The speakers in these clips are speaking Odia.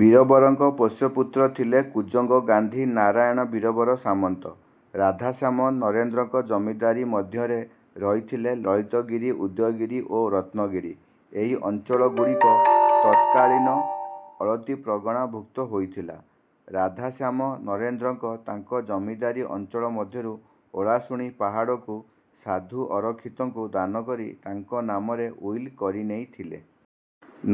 ବୀରବରଙ୍କ ପୋଷ୍ୟ ପୁତ୍ର ଥିଲେ କୁଜଙ୍ଗ ଗାନ୍ଧୀ ନାରାୟଣ ବୀରବର ସାମନ୍ତ। ରାଧାଶ୍ୟାମ ନରେନ୍ଦ୍ରଙ୍କ ଜମିଦାରୀ ମଧ୍ୟରେ ରହିଥିଲେ ଲଳିତଗିରି ଉଦୟଗିରି ଓ ରତ୍ନଗିରି। ଏହି ଅଞ୍ଚଳ ଗୁଡିକ ତତ୍କାଳୀନ ଅଳତୀ ପ୍ରଗଣା ଭୁକ୍ତ ହୋଇଥିଲା। ରାଧାଶ୍ୟାମ ନରେନ୍ଦ୍ରଙ୍କ ତାଙ୍କ ଜମିଦାରୀ ଅଞ୍ଚଳ ମଧ୍ୟରୁ ଓଳାସୁଣୀ ପାହାଡକୁ ସାଧୁ ଅରଖିତଙ୍କୁ ଦାନକରି ତାଙ୍କ ନାମରେ ଉଇଲ କରିନେଇଥିଲେ।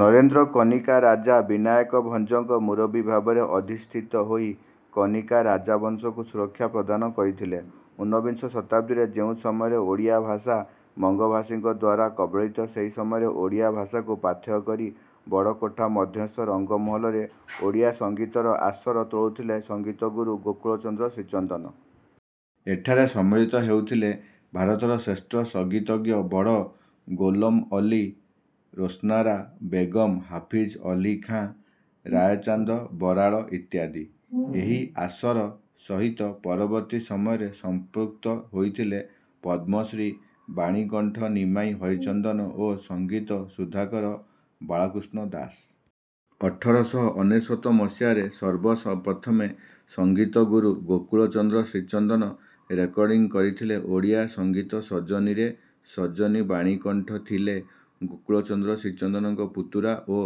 ନରେନ୍ଦ୍ର କନିକା ରାଜା ବିନାୟକଭଞ୍ଜଙ୍କ ମୁରବୀ ଭାବରେ ଅଧିଷ୍ଠିତ ହୋଇ କନିକା ରାଜା ବଂଶକୁ ସୁରକ୍ଷା ପ୍ରଦାନ କରିଥିଲେ। ଉନ୍ନବିଂଶ ଶତାବ୍ଦୀରେ ଯେଉଁ ସମୟରେ ଓଡ଼ିଆ ଭାଷା ବଙ୍ଗବାସୀଙ୍କ ଦ୍ୱାରାକବଳିତସେହି ସମୟରେ ଓଡ଼ିଆ ଭାଷାକୁ ପାଥେୟ କରି ବଡକୋଠା ମଧ୍ୟସ୍ଥ ରଙ୍ଗ ମହଲରେ ଓଡ଼ିଆ ସଂଗୀତର ଆସର ତୋଳୁଥିଲେ ସଙ୍ଗୀତଗୁରୁ ଗୋକୁଳ ଚନ୍ଦ୍ର ଶ୍ରୀଚନ୍ଦନ। ଏଠାରେ ସମ୍ମିଳିତ ହେଉଥିଲେ ଭାରତର ଶ୍ରେଷ୍ଠ ସଙ୍ଗୀତଜ୍ଞ ବଡ ଗୋଲମ ଅଲ୍ଲୀ ରୋସ୍ନାରା ବେଗମ ହାଫିଜ ଅଲ୍ଲୀ ଖାଁ ରାୟଚାନ୍ଦ ବରାଳ ଇତ୍ୟାଦି। ଏହି ଆସର ସହିତ ପରବର୍ତୀ ସମୟରେ ସମ୍ପୃକ୍ତ ହୋଇଥିଲେ ପଦ୍ମଶ୍ରୀ ବାଣୀକଣ୍ଠ ନିମାଇ ହରିଚନ୍ଦନ ଓ ସଙ୍ଗୀତ ସୁଧାକର ବାଳକୃଷ୍ଣ ଦାସ। ଅଠର ଶହ ଅନେଶ୍ୱତ ମସିହାରେ ସର୍ବ ପ୍ରଥମେ ସଙ୍ଗୀତ ଗୁରୁ ଗୋକୁଳ ଚନ୍ଦ୍ର ଶ୍ରୀଚନ୍ଦନ ରେକର୍ଡିଂ କରିଥିଲେ ଓଡ଼ିଆ ସଙ୍ଗୀତ ସଜନିରେ. ସଜନି ବାଣୀକଣ୍ଠ ଥିଲେ ଗୋକୁଳ ଚନ୍ଦ୍ର ଶ୍ରୀଚନ୍ଦନଙ୍କ ପୁତୁରା ଓ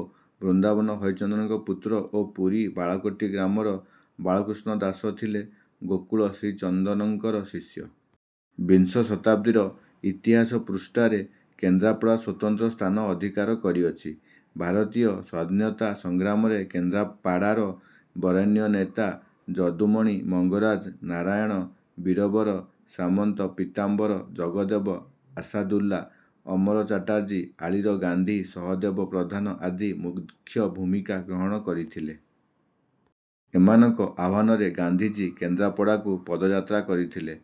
ବୃନ୍ଦାବନ ହରିଚନ୍ଦନଙ୍କ ପୁତ୍ର ଓ ପୁରୀ ବାଳକଟୀ ଗ୍ରାମର ବାଳକୃଷ୍ଣ ଦାସ ଥିଲେ ଗୋକୁଳ ଶ୍ରୀଚନ୍ଦଙ୍କର ଶିଷ୍ୟ। ବିଂଶ ଶତାବ୍ଦୀର ଇତିହାସ ପୃଷ୍ଠାରେ କେନ୍ଦ୍ରାପଡ଼ା ସ୍ୱତନ୍ତ୍ର ସ୍ଥାନ ଅଧିକାର କରିଅଛି। ଭାରତୀୟ ସ୍ୱାଧୀନତା ସଂଗ୍ରାମରେ କେନ୍ଦ୍ରପାଡ଼ାର ବରେଣ୍ୟ ନେତା ଯଦୁମଣି ମଙ୍ଗରାଜ ନାରାୟଣ ବୀରବର ସାମନ୍ତ ପୀତାମ୍ବର ଜଗଦେବ ଆଶାଦୁଲ୍ଲା ଅମର ଚାଟାର୍ଜୀ ଆଳିର ଗାନ୍ଧୀ ସହଦେବ ପ୍ରଧାନ ଆଦି ମୁଖ୍ୟ ଭୂମିକା ଗ୍ରହଣ କରିଥିଲେ। ଏମାନଙ୍କ ଆହ୍ୱାନରେ ଗାନ୍ଧୀଜୀ କେନ୍ଦ୍ରାପଡ଼ାକୁ ପଦଯାତ୍ରା କରିଥିଲେ।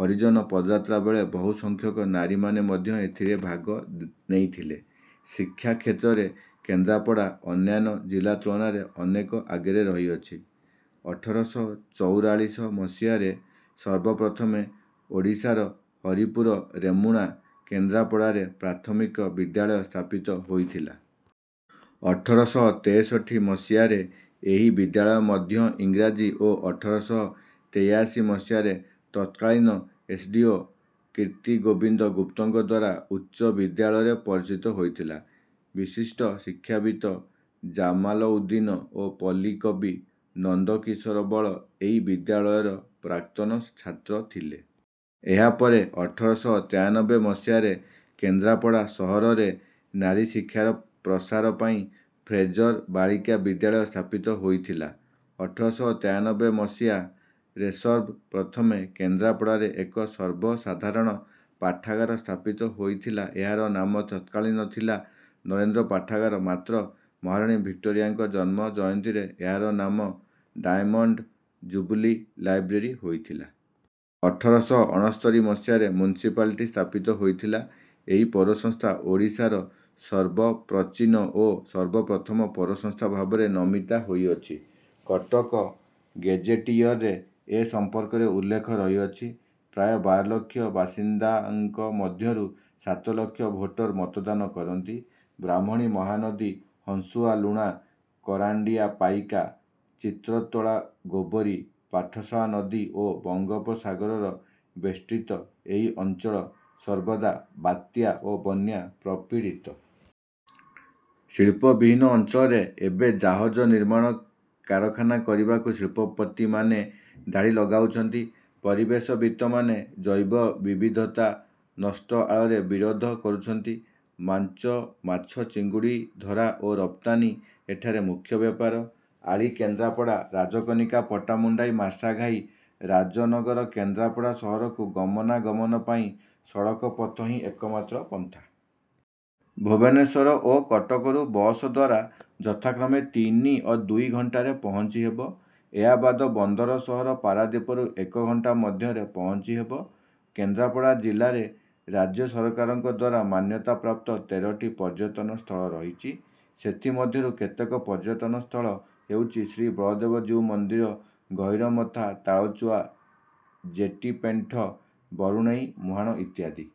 ହରିଜନ ପଦଯାତ୍ରା ବେଳେ ବହୁ ସଂଖ୍ୟକ ନାରୀମାନେ ମଧ୍ୟ ଏଥିରେ ଭାଗ ନେଇଥିଲେ। ଶିକ୍ଷା କ୍ଷେତ୍ରରେ କେନ୍ଦ୍ରାପଡ଼ା ଅନ୍ୟାନ୍ୟ ଜିଲ୍ଲା ତୁଳନାରେ ଅନେକ ଆଗରେ ରହିଅଛି। ଅଠର ଶହ ଚଉରାଳିଶ ମସିହାରେ ସର୍ବ ପ୍ରଥମେ ଓଡ଼ିଶାର ହରିପୂର ରେମୁଣା କେନ୍ଦ୍ରାପଡ଼ାରେ ପ୍ରାଥମିକ ବିଦ୍ୟାଳୟ ସ୍ଥାପିତ ହୋଇଥିଲା। ଅଠର ଶହ ତେଷଠି ମସିହାରେ ଏହି ବିଦ୍ୟାଳୟ ମଧ୍ୟ ଇଂରାଜୀ ଓ ଅଠର ଶହ ତେୟାସି ମସିହାରେ ତତ୍କାଳୀନ ଏସଡିଓ କୀର୍ତିଗୋବିନ୍ଦ ଗୁପ୍ତଙ୍କଦ୍ୱାରା ଉଚ ବିଦ୍ୟାଳୟରେ ପରିଚିତ ହୋଇଥିଲା। ବିଶିଷ୍ଟ ଶିକ୍ଷାବିତ ଜାମାଲଉଦ୍ଦୀନ ଓ ପଲ୍ଲୀକବି ନନ୍ଦକିଶୋର ବଳ ଏହି ବିଦ୍ୟାଳୟର ପ୍ରାକ୍ତନ ଛାତ୍ର ଥିଲେ। ଏହାପରେ ଅଠର ଶହ ତେୟାନବେ ମସିହାରେ କେନ୍ଦ୍ରାପଡା ସହରରେ ନାରୀଶିକ୍ଷାର ପ୍ରସାର ପାଇଁ ଫ୍ରେଜର ବାଳିକା ବିଦ୍ୟାଳୟ ସ୍ଥାପିତ ହୋଇଥିଲା। ଅଠର ଶହ ତେୟାନବେ ମସିହାରେସର୍ବ ପ୍ରଥମେ କେନ୍ଦ୍ରାପଡ଼ାରେ ଏକ ସର୍ବସାଧାରଣ ପାଠାଗାର ସ୍ଥାପିତ ହୋଇଥିଲାଏହାର ନାମ ତତ୍କାଳୀନ ଥିଲା ନରେନ୍ଦ୍ର ପାଠାଗାର ମାତ୍ର ମହାରାଣୀ ଭିକ୍ଟୋରିଆଙ୍କ ଜନ୍ମ ଜୟନ୍ତୀରେଏହାର ନାମ ଡାଏମଣ୍ଡ ଯୁବଲୀ ଲାଇବ୍ରେରୀ ହୋଇଥିଲା। ଅଠର ଶହ ଅଣସ୍ତରି ମସିହାରେ ମୁନିସିପାଲିଟି ସ୍ଥାପିତ ହୋଇଥିଲା। ଏହି ପୌରସଂସ୍ଥା ଓଡ଼ିଶାର ସର୍ବପ୍ରଚୀନ ଓ ସର୍ବପ୍ରଥମ ପୌରସଂସ୍ଥା ଭାବରେ ନମିତା ହୋଇଅଛି। କଟକ ଗେଜେଟିୟରରେ ଏ ସମ୍ପର୍କରେ ଉଲ୍ଲେଖ ରହିଅଛି। ପ୍ରାୟ ବାରଲକ୍ଷ ବାସିନ୍ଦାଙ୍କ ମଧ୍ୟରୁ ସାତ ଲକ୍ଷ ଭୋଟର ମତଦାନ କରନ୍ତି। ବ୍ରାହ୍ମଣୀ ମହାନଦୀ ହଂସୁଆ ଲୁଣା କରାଣ୍ଡିଆ ପାଇକା ଚିତ୍ରତ୍ତ୍ୱଳା ଗୋବରୀ ପାଟଶାଳା ନଦୀ ଓ ବଙ୍ଗୋପସାଗର ବେଷ୍ଟୀତ ଏହି ଅଞ୍ଚଳ ସର୍ବଦା ବାତ୍ୟା ଓ ବନ୍ୟା ପ୍ରପିଡିତ। ଶୀଳ୍ପ ବିହୀନ ଅଞ୍ଚଳରେ ଏବେ ଜାହଜ ନିର୍ମାଣ କାରଖାନା କରିବାକୁ ଶିଳ୍ପପତିମାନେ ଧାଡି ଲଗାଉଛନ୍ତି। ପରିବେଶବିତମାନେ ଜୈବ ବିବିଧତା ନଷ୍ଟ ଆଳରେ ବିରୋଧ କରୁଛନ୍ତି। ମାଛ ମାଛ ଚିଙ୍ଗୁଡିଧରା ଓ ରପ୍ତାନି ଏଠାରେ ମୁଖ୍ୟ ବେପାର। ଆଳି କେନ୍ଦ୍ରାପଡ଼ା ରାଜକନିକା ପଟ୍ଟାମୁଣ୍ଡାଇ ମାର୍ଶାଘାଇ ରାଜନଗର କେନ୍ଦ୍ରାପଡ଼ା ସହରକୁ ଗମନା ଗମନ ପାଇଁ ସଡକ ପଥ ହିଁ ଏକମାତ୍ର ପନ୍ଥା। ଭୁବନେଶ୍ୱର ଓ କଟକରୁ ବସଦ୍ୱାରା ଯଥାକ୍ରମେ ତିନି ଓ ଦୁଇ ଘଂଟାରେ ପହଂଚି ହେବ। ଏହାବାଦ ବନ୍ଦର ସହର ପାରାଦୀପରୁ ଏକ ଘଣ୍ଟା ମଧ୍ୟରେ ପହଂଚି ହେବ। କେନ୍ଦ୍ରାପଡ଼ା ଜିଲ୍ଲାରେ ରାଜ୍ୟସରକାରଙ୍କଦ୍ୱାରା ମାନ୍ୟତାପ୍ରାପ୍ତ ତେରଟି ପର୍ଯ୍ୟଟନ ସ୍ଥଳ ରହିଛି। ସେଥିମଧ୍ୟରୁ କେତେକ ପର୍ଯ୍ୟଟନ ସ୍ଥଳ ହେଉଛି ଶ୍ରୀ ବଳଦେବଜୀଉ ମନ୍ଦିର ଗହିରମଥା ତାଳଚୁଆ ଜେଟୀ ପେଣ୍ଠ ବରୁଣେଇ ମୁହାଣ ଇତ୍ୟାଦି।